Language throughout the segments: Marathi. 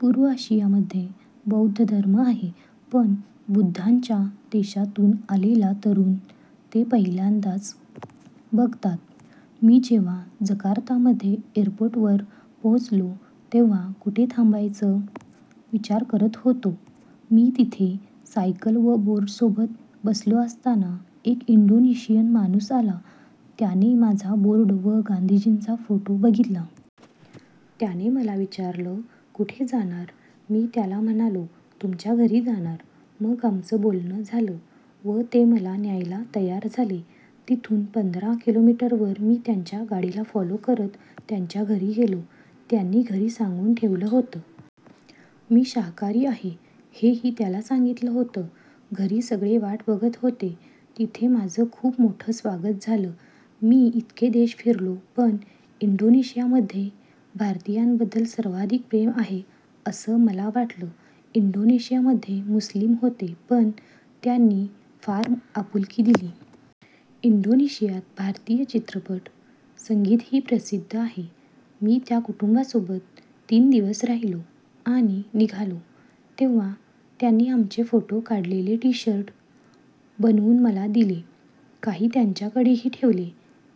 पूर्ण आशियामध्ये बौद्ध धर्म आहे, पण बुद्धांच्या देशातून आलेला तरुण ते पहिल्यांदाच बघतात. मी जेव्हा जकार्तामध्ये एअरपोर्टवर पोहोचलो, तेव्हा कुठे थांबायचं विचार करत होतो. मी तिथे सायकल व बोर्डसोबत बसलो असताना एक इंडोनेशियन माणूस आला, त्याने माझा बोर्ड व गांधीजींचा फोटो बघितला. त्याने मला विचारलं कुठे जाणार? मी त्याला म्हणालो तुमच्या घरी जाणार. मग आमचं बोलणं झालं व ते मला न्यायला तयार झाले. तिथून पंधरा किलोमीटरवर मी त्यांच्या गाडीला फॉलो करत त्यांच्या घरी गेलो. त्यांनी घरी सांगून ठेवलं होतं. मी शाकाहारी आहे, हेही त्यांना सांगितलं होतं. घरी सगळे वाट बघत होते. तिथे माझं खूप मोठं स्वागत झालं. मी इतके देश फिरलो पण इंडोनेशियामध्ये भारतीयांबद्दल सर्वाधिक प्रेम आहे असं मला वाटलं. इंडोनेशियामध्ये मुस्लीम होते पण त्यांनी फार आपुलकी दिली. इंडोनेशियात भारतीय चित्रपट, संगीतही प्रसिद्ध आहे. मी त्या कुटुंबासोबत तीन दिवस राहिलो आणि निघालो तेव्हा त्यांनी आमचे फोटो काढलेले टी शर्ट बनवून मला दिले. काही त्यांच्याकडेही ठेवले.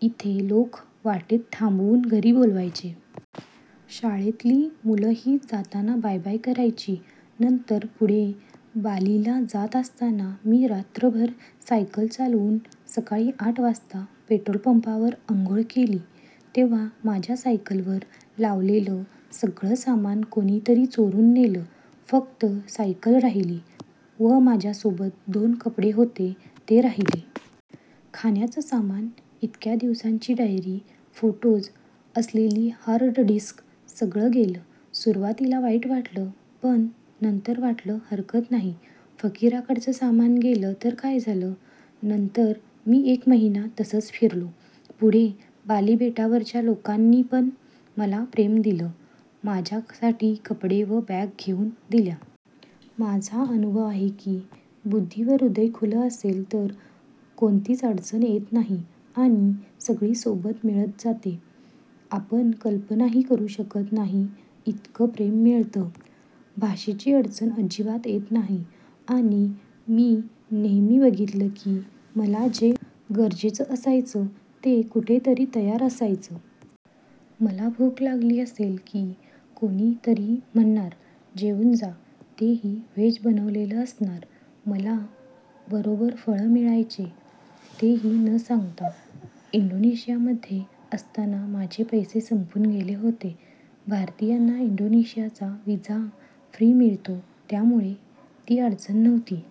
इथे लोक वाटेत थांबवून घरी बोलवायचे. शाळेतली मुलंही जाताना बाय बाय करायची. नंतर पुढे बालीला जात असताना मी रात्रभर सायकल चालवून सकाळी आठ वाजता पेट्रोलपंपावर आंघोळ केली. तेव्हा माझ्या सायकलवर लावलेलं सगळं सामान कोणी तरी चोरून नेलं. फक्त सायकल राहिली व माझ्यासोबत दोन कपडे होते ते राहिले. खाण्याचं सामान, इतक्या दिवसांची डायरी, फोटोज असलेली हार्ड डिस्क सगळं गेलं. सुरुवातीला वाईट वाटलं, पण नंतर वाटलं हरकत नाही. फकिराकडचं सामान गेलं तर काय झालं. नंतर मी एक महिना तसंच फिरलो. पुढे बाली बेटावरच्या लोकांनीपण मला प्रेम दिलं, माझ्यासाठी कपडे व बॅग घेऊन दिल्या. माझा अनुभव आहे की, बुद्धी व हृदय खुलं असेल तर कोणतीच अडचण येत नाही आणि सगळी सोबत मिळत जाते. आपण कल्पनाही करू शकत नाही इतकं प्रेम मिळतं. भाषेची अडचण अजिबात येत नाही. आणि मी नेहमी बघितलं की, मला जे गरजेचं असायचं ते कुठे तरी तयार असायचं. मला भूक लागली असेल की कोणी तरी म्हणणार जेवून जा. तेही व्हेज बनवलेलं असणार. मला बरोबर फळं मिळायचे. तेही न सांगता. इंडोनेशियामध्ये असताना माझे पैसे संपून गेले होते. भारतीयांना इंडोनेशियाचा व्हिसा फ्री मिळतो, त्यामुळे ती अडचण नव्हती.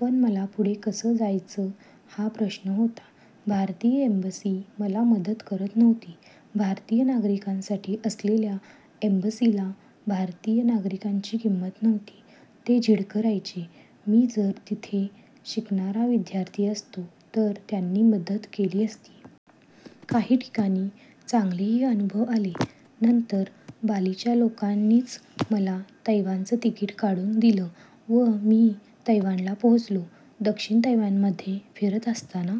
पण मला पुढे कसं जायचं हा प्रश्न होता. भारतीय एंबसी मला मदत करत नव्हती. भारतीय नागरिकांसाठी असलेल्या एंबसीला भारतीय नागरिकाची किंमत नव्हती. ते झिडकारायचे. मी जर तिथे शिकणारा विद्यार्थी असतो तर त्यांनी मदत केली असती. काही ठिकाणी चांगलेही अनुभव आले. नंतर बालीच्या लोकांनीच मला तैवानचं तिकीट काढून दिलं व मी तैवानला पोहोचलो. दक्षिण तैवानमध्ये फिरत असताना